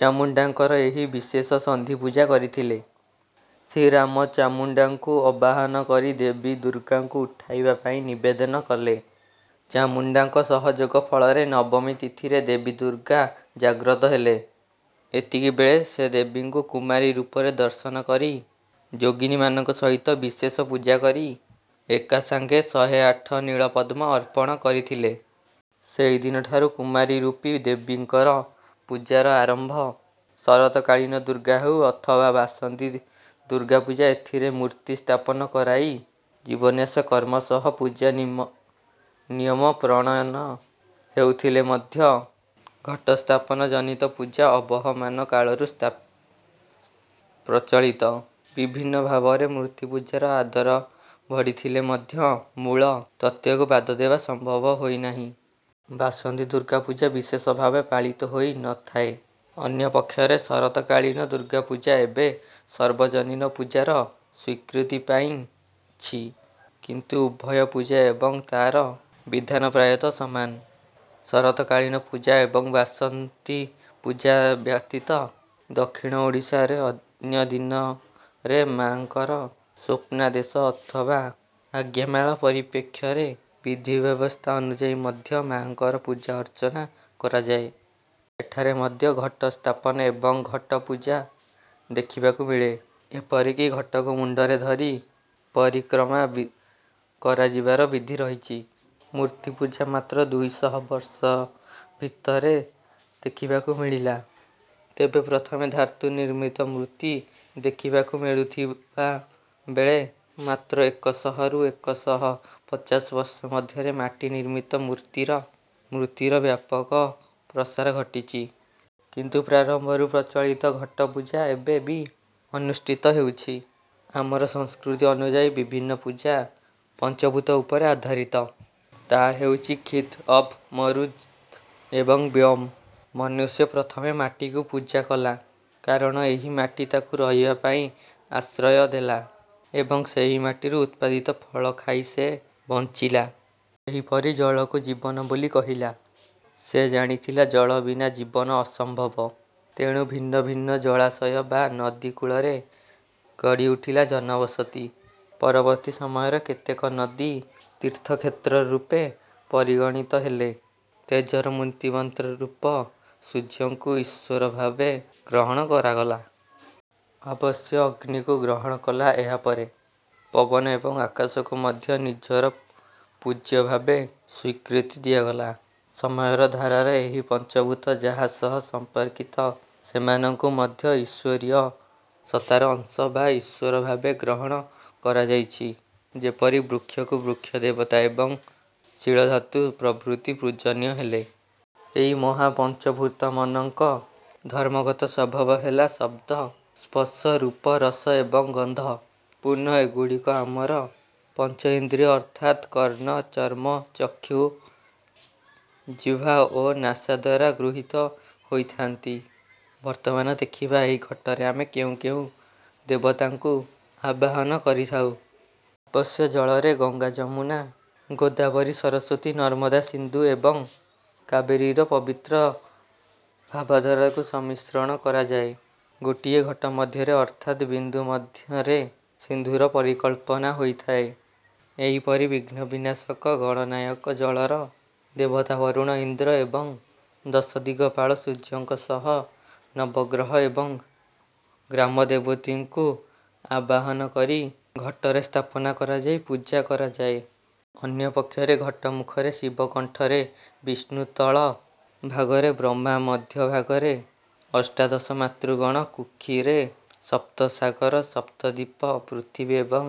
ଚାମୁଣ୍ଡାଙ୍କର ଏହି ବିଶେଷ ସନ୍ଧିପୂଜା କରିଥିଲେ। ଶ୍ରୀରାମ ଚାମୁଣ୍ଡାଙ୍କୁ ଆବାହନ କରି ଦେବୀ ଦୁର୍ଗାଙ୍କୁ ଉଠାଇବା ପାଇଁ ନିବେଦନ କଲେ। ଚାମୁଣ୍ଡାଙ୍କ ସହଯୋଗ ଫଳରେ ନବମୀ ତିଥିରେ ଦେବୀ ଦୁର୍ଗା ଜାଗ୍ରତ ହେଲେ। ଏତିକିବେଳେ ସେ ଦେବୀଙ୍କୁ କୁମାରୀ ରୂପରେ ଦର୍ଶନ କରି ଯୋଗିନୀମାନଙ୍କ ସହିତ ବିଶେଷ ପୂଜା କରି ଏକାସାଙ୍ଗେ ଶହେଆଠ ନୀଳପଦ୍ମ ଅର୍ପଣ କରିଥିଲେ। ସେହି ଦିନଠାରୁ କୁମାରୀ ରୂପୀ ଦେବୀଙ୍କର ପୂଜାର ଆରମ୍ଭ। ଶରତକାଳୀନ ଦୁର୍ଗା ହେଉ ଅଥବା ବାସନ୍ତି ଦୁର୍ଗାପୂଜା ଏଥିରେ ମୂର୍ତ୍ତି ସ୍ଥାପନ କରାଇ ଜୀବନ୍ୟାସ କର୍ମ ସହ ପୂଜା ନିମ ନିୟମ ପ୍ରଣୟନ ହେଉଥିଲେ ମଧ୍ୟ ଘଟସ୍ଥାପନ ଜନିତ ପୂଜା ଅବହମାନ କାଳରୁ ସ୍ଥା ପ୍ରଚଳିତ। ବିଭିନ୍ନ ଭାବରେ ମୂର୍ତ୍ତିପୂଜାର ଆଦର ବଢିଥିଲେ ମଧ୍ୟ ମୂଳ ତତ୍ତ୍ୱକୁ ବାଦ ଦେବା ସମ୍ଭବ ହୋଇନାହିଁ। ବାସନ୍ତୀ ଦୁର୍ଗାପୂଜା ବିଶେଷ ଭାବେ ପାଳିତ ହୋଇ ନ ଥାଏ। ଅନ୍ୟପକ୍ଷରେ ଶରତକାଳୀନ ଦୁର୍ଗାପୂଜା ଏବେ ସର୍ବଜନୀନ ପୂଜାର ସ୍ୱୀକୃତି ପାଇଁଛି କିନ୍ତୁ ଉଭୟ ପୂଜା ଏବଂ ତାର ବିଧାନ ପ୍ରାୟତଃ ସମାନ। ଶରତକାଳୀନ ପୂଜା ଏବଂ ବାସନ୍ତୀପୂଜା ବ୍ୟତୀତ ଦକ୍ଷିଣ ଓଡ଼ିଶାରେ ଅନ୍ୟ ଦିନରେ ମାଙ୍କର ସ୍ୱପ୍ନାଦେଶ ଅଥବା ଆଜ୍ଞାମାଳ ପରିପ୍ପେ କ୍ଷରେ ବିଧିବ୍ୟବସ୍ଥା ଅନୁଯାୟୀ ମଧ୍ୟ ମାଙ୍କର ପୂଜା ଅର୍ଚ୍ଚନା କରାଯାଏ। ଏଠାରେ ମଧ୍ୟ ଘଟ ସ୍ଥାପନ ଏବଂ ଘଟପୂଜା ଦେଖିବାକୁ ମିଳେ ଏପରିକି ଘଟକୁ ମୁଣ୍ଡରେ ଧରି ପରିକ୍ରମା କରାଯିବାର ବିଧି ରହିଛି। ମୂର୍ତ୍ତିପୂଜା ମାତ୍ର ଦୁଇ ଶହ ବର୍ଷ ଭିତରେ ଦେଖିବାକୁ ମିଳିଲା। ତେବେ ପ୍ରଥମେ ଧାତୁ ନିର୍ମିତ ମୂର୍ତ୍ତି ଦେଖିବାକୁ ମିଳୁଥିବା ବେଳେ ମାତ୍ର ଏକ ଶହରୁ ଏକ ଶହ ପଚାଶ ବର୍ଷ ମଧ୍ୟରେ ମାଟି ନିର୍ମିତ ମୂର୍ତ୍ତିର ବ୍ୟାପକ ପ୍ରସାର ଘଟିଛି। କିନ୍ତୁ ପ୍ରାରମ୍ଭରୁ ପ୍ରଚଳିତ ଘଟପୂଜା ଏବେ ବି ଅନୁଷ୍ଠିତ ହେଉଛି। ଆମର ସଂସ୍କୃତି ଅନୁଯାୟୀ ବିଭିନ୍ନ ପୂଜା ପଞ୍ଚଭୂତ ଉପରେ ଆଧାରିତ। ତାହା ହେଉଛି କ୍ଷିତ୍ ଅପ୍ ମରୁତ୍ ଏବଂ ବ୍ୟୋମ୍। ମନୁଷ୍ୟ ପ୍ରଥମେ ମାଟିକୁ ପୂଜାକଲା। କାରଣ ଏହି ମାଟି ତାକୁ ରହିବା ପାଇଁ ଆଶ୍ରୟ ଦେଲା ଏବଂ ସେହିମାଟିରୁ ଉତ୍ପାଦିତ ଫଳ ଖାଇ ସେ ବଞ୍ଚିଲା। ସେହିପରି ଜଳ କୁ ଜୀବନ ବୋଲି କହିଲା। ସେ ଜାଣିଥିଲା ଜଳ ବିନା ଜୀବନ ଅସମ୍ଭବ। ତେଣୁ ଭିନ୍ନ ଭିନ୍ନ ଜଳାଶୟ ବା ନଦୀକୂଳରେ ଗଢିଉଠିଲା ଜନବସତି। ପରବର୍ତ୍ତୀ ସମୟରେ କେତେକ ନଦୀ ତୀର୍ଥକ୍ଷେତ୍ର ରୂପେ ପରିଗଣିତ ହେଲେ। ତେଜର ମୂର୍ତ୍ତିମନ୍ତ ରୂପ ସୂର୍ଯ୍ୟଙ୍କୁ ଈଶ୍ୱର ଭାବେ ଗ୍ରହଣ କରାଗଲା। ଅବଶ୍ୟ ଅଗ୍ନିକୁ ଗ୍ରହଣ କଲା ଏହାପରେ। ପବନ ଏବଂ ଆକାଶ କୁ ମଧ୍ୟ ନିଜର ପୂଜ୍ୟ ଭାବେ ସ୍ୱୀକୃତି ଦିଆଗଲା। ସମୟର ଧାରାରେ ଏହି ପଞ୍ଚଭୂତ ଯାହା ସହ ସମ୍ପର୍କିତ ସେମାନଙ୍କୁ ମଧ୍ୟ ଈଶ୍ୱରୀୟ ସତ୍ତାର ଅଂଶ ବା ଈଶ୍ୱର ଭାବେ ଗ୍ରହଣ କରାଯାଇଛି। ଯେପରି ବୃକ୍ଷକୁ ବୃକ୍ଷଦେବତା ଏବଂ ଶିଳା ଧାତୁ ପ୍ରଭୃତି ପୂଜନୀୟ ହେଲେ। ଏହି ମହାପଞ୍ଚଭୂତମନଙ୍କ ଧର୍ମଗତ ସ୍ୱଭାବ ହେଲା ଶବ୍ଦ ସ୍ପର୍ଶ ରୂପ ରସ ଏବଂ ଗନ୍ଧ। ପୁନଃ ଏଗୁଡ଼ିକ ଆମର ପଞ୍ଚଇନ୍ଦ୍ରୀୟ ଅର୍ଥାତ୍ କର୍ଣ୍ଣ ଚର୍ମ ଚକ୍ଷୁ ଜିହ୍ୱା ଓ ନାସାଦ୍ୱାରା ଗୃହିତ ହୋଇଥାନ୍ତି। ବର୍ତ୍ତମାନ ଦେଖିବା ଏହି ଘଟରେ ଆମେ କେଉଁ କେଉଁ ଦେବତାଙ୍କୁ ଆବାହନ କରିଥାଉ। ଅବଶ୍ୟ ଜଳରେ ଗଙ୍ଗା ଯମୁନା ଗୋଦାବରୀ ସରସ୍ୱତୀ ନର୍ମଦା ସିନ୍ଧୁ ଏବଂ କାବେରୀର ପବିତ୍ର ଭାବଧାରାକୁ ସମ୍ମିଶ୍ରଣ କରାଯାଏ। ଗୋଟିଏ ଘଟ ମଧ୍ୟରେ ଅର୍ଥାତ ବିନ୍ଦୁ ମଧ୍ୟରେ ସିନ୍ଧୁର ପରିକଳ୍ପନା ହୋଇଥାଏ। ଏହିପରି ବିଘ୍ନ ବିନାଶକ ଗଣନାୟକ ଜଳର ଦେବତା ବରୁଣ ଇନ୍ଦ୍ର ଏବଂ ଦଶଦିଗପାଳ ସୂର୍ଯ୍ୟଙ୍କ ସହ ନବଗ୍ରହ ଏବଂ ଗ୍ରାମଦେବତୀଙ୍କୁ ଆବାହନ କରି ଘଟରେ ସ୍ଥାପନା କରାଯାଇ ପୂଜା କରାଯାଏ। ଅନ୍ୟ ପକ୍ଷରେ ଘଟ ମୁଖରେ ଶିବ କଣ୍ଠରେ ବିଷ୍ଣୁ ତଳ ଭାଗରେ ବ୍ରହ୍ମା ମଧ୍ୟଭାଗରେ ଅଷ୍ଟାଦଶ ମାତୃଗଣ କୁକ୍ଷୀରେ ସପ୍ତସାଗର ସପ୍ତଦ୍ୱୀପ ପୃଥିବୀ ଏବଂ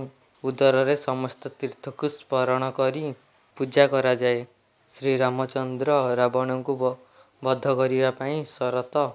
ଉଦରରେ ସମସ୍ତ ତୀର୍ଥକୁ ସ୍ମରଣ କରି ପୂଜା କରାଯାଏ। ଶ୍ରୀରାମଚନ୍ଦ୍ର ରାବଣଙ୍କୁ ବଧ କରିବା ପାଇଁ ଶରତ